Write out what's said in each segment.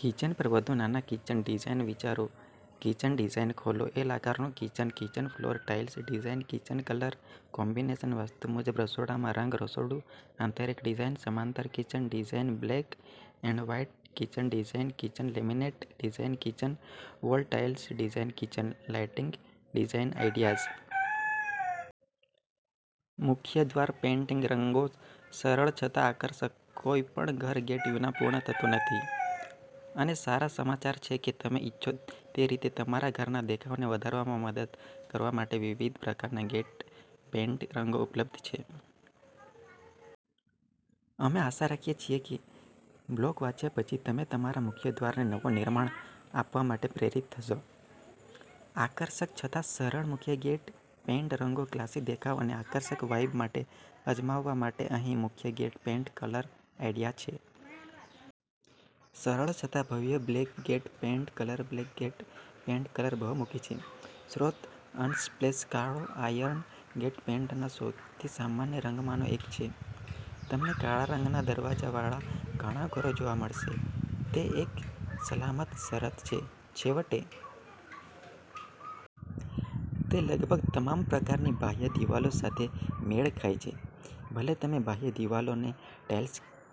Kitchen પર વધુ નાના કિચન ડિઝાઇન વિચારો કિચન ડિઝાઇન ખોલો એલ આકારનું kitchen kitchen floor tiles design kitchen colour combination vastu મુજબ રસોડામાં રંગ રસોડું આંતરિક ડિઝાઇન સમાંતર kitchen design black and white kitchen design kitchen laminate design kitchen wall tiles design kitchen lighting design ideas+.. મુખ્ય દ્વાર પેઇન્ટ રંગોસરળ છતાં આકર્ષક કોઈ પણ ઘર ગેટ વિના પૂર્ણ થતું નથી, અને સારા સમાચારછે કે તમે ઇચ્છો તે રીતે તમારા ઘરના દેખાવને વધારવામાં મદદ કરવા માટે વિવિધ પ્રકારના ગેટ પેઇન્ટ રંગો ઉપલબ્ધ છે. અમે આશા રાખીએ છીએ કેબ્લોગ વાંચ્યા પછી તમે તમારા મુખ્ય દ્વારને નવો નવનિર્માણ આપવા માટે પ્રેરિત થશો! આકર્ષક છતાં સરળ મુખ્ય ગેટ પેઇન્ટ રંગો ક્લાસી દેખાવ અને આકર્ષક વાઇબ માટે અજમાવવા માટે અહીં મુખ્ય ગેટ પેઇન્ટ કલર આઇડિયા છે. સરળ છતાં ભવ્ય black gate paint colour black gate paint colour બહુમુખી છે સ્રોતઅનસ્પ્લેશકાળોઆયર્ન ગેટ પેઇન્ટના સૌથી સામાન્ય રંગોમાંનો એક છે. તમને કાળા રંગના દરવાજાવાળા ઘણા ઘરો જોવા મળશે. તે એક સલામત શરત છે, છેવટે. તે લગભગ તમામ પ્રકારની બાહ્ય દિવાલો સાથે મેળ ખાય છે. ભલે તમે બાહ્ય દિવાલોને ટાઇલ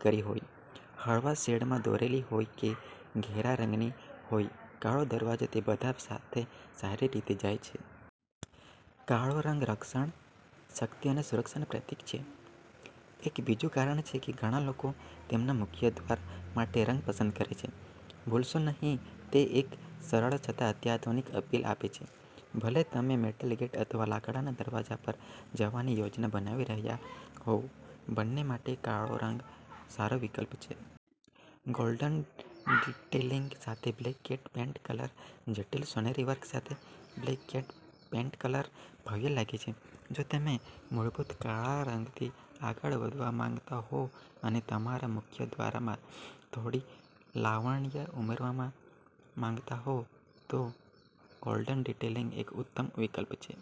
કરી હોય, હળવા શેડમાં દોરેલી હોય કે ઘેરા રંગની હોયકાળો દરવાજો તે બધા સાથે સારી રીતે જાય છે. કાળો રંગ રક્ષણ, શક્તિ અને સુરક્ષાનું પ્રતીક છે. એક બીજું કારણ છે કે ઘણા લોકો તેમના મુખ્ય દ્વાર માટેરંગ પસંદ કરે છે. ભૂલશો નહીં, તે એક સરળ છતાં અત્યાધુનિક અપીલ આપે છે. ભલે તમે મેટલ ગેટ અથવા લાકડાના દરવાજા પર જવાની યોજના બનાવી રહ્યા હોવબંને માટે કાળો રંગ સારો વિકલ્પ છે. ગોલ્ડન ડિટેલિંગ સાથે બ્લેક ગેટ પેઇન્ટ કલર જટિલ સોનેરી વર્ક સાથે બ્લેક ગેટ પેઇન્ટ કલર ભવ્ય લાગે છે જો તમે મૂળભૂત કાળા રંગથી આગળ વધવા માંગતા હો અને તમારા મુખ્ય દ્વારમાં થોડી લાવણ્ય ઉમેરવા માંગ માંગતા હો, તો ગોલ્ડન ડિટેલિંગ એક ઉત્તમ વિકલ્પ છે.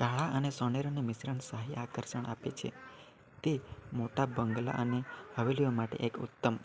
કાળા અને સોનેરીનું મિશ્રણ શાહી આકર્ષણ આપે છે. તે મોટા બંગલા અને હવેલીઓ માટે એક ઉત્તમ